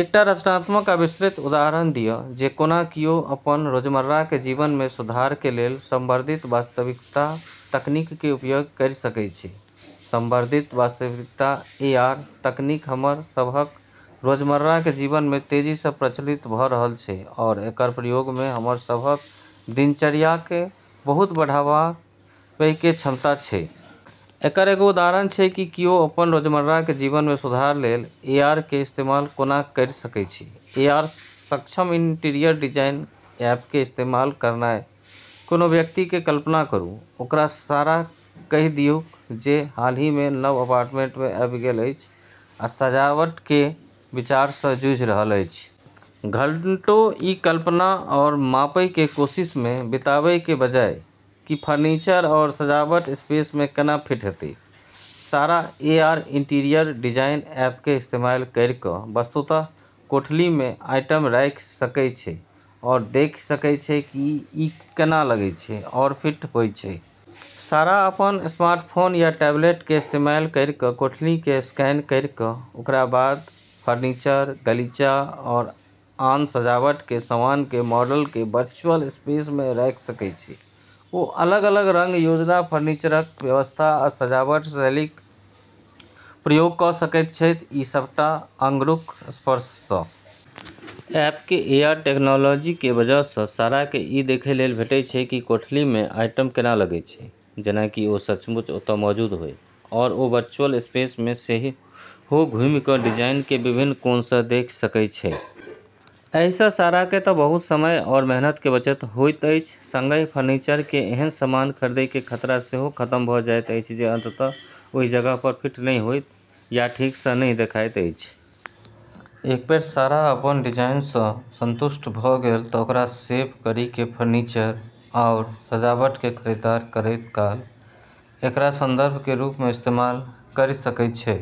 एकटा रचनात्मक आ विस्तृत उदाहरण दिअ जे कोना कियो अपन रोजमर्राके जीवनमे सुधारके लेल संवर्धित वास्तविकता तकनीकके उपयोग करि सकै छै। संवर्धित वास्तविकता (एआर) तकनीक हमर सबहक रोजमर्राके जीवनमे तेजीसँ प्रचलित भ' रहल छै आओर एकर प्रयोगमे हमर सबहक दिनचर्याके बहुत बढ़ाबैके क्षमता छै। एकर एगो उदाहरण छै कि किओ अपन रोजमर्राके जीवनमे सुधार लेल एआरके इस्तेमाल कोना करि सकै छै, एआर-सक्षम इंटीरियर डिजाइन ऐपके इस्तेमाल करनाइ । कोनो व्यक्तिके कल्पना करू, ओकरा सारा कहि दियौक, जे हालहिमे नव अपार्टमेंटमे आबि गेल अछि आ सजावटके विचारसँ जूझि रहल अछि। घंटों ई कल्पना आओर मापैके कोशिशमे बिताबैके बजाय कि फर्नीचर आओर सजावट स्पेसमे केना फिट हेतै, सारा एआर इंटीरियर डिजाइन ऐपके इस्तेमाल करिके वस्तुतः कोठलीमे आइटम राखि सकै छै आओर देखि सकै छै कि ई केना लगै छै आओर फिट होइ छै। सारा अपन स्मार्टफोन या टैबलेटके इस्तेमाल करिके कोठलीकेँ स्कैन करिके ओकरबाद फर्नीचर, गलीचा, आओर आन सजावटके सामानके मॉडलके वर्चुअल स्पेसमे राखि सकै छै। ओ अलग-अलग रंग योजना, फर्नीचरक व्यवस्था, आ सजावट शैलीक प्रयोग क' सकैत छथि, ई सबटा आँगुरक स्पर्शसँ। ऐप केर एआर टेक्नोलॉजीके वजहसँ साराके ई देखै लेल भेटै छै कि कोठलीमे आइटम केना लगै छै जेना कि ओ सचमुच ओतऽ मौजूद होइ, आओर ओ वर्चुअल स्पेसमे सेहो घुमिके डिजाइनके विभिन्न कोणसँ देखि सकै छै। एहिसँ साराके त' बहुत समय आओर मेहनतके बचत होइत अछि, संगहि फर्नीचरके एहन सामान खरीदैके खतरा सेहो खतम भ' जाइत अछि जे अंततः ओहि जगह पर फिट नहि होइत या ठीकसँ नहि देखाइत अछि। एक बेर सारा अपन डिजाइनसँ सन्तुष्ट भ' गेल त' ओकरा सेव करिके फर्नीचर आओर सजावटके खरीदारी करैत काल एकरा संदर्भके रूपमे इस्तेमाल करि सकै छै।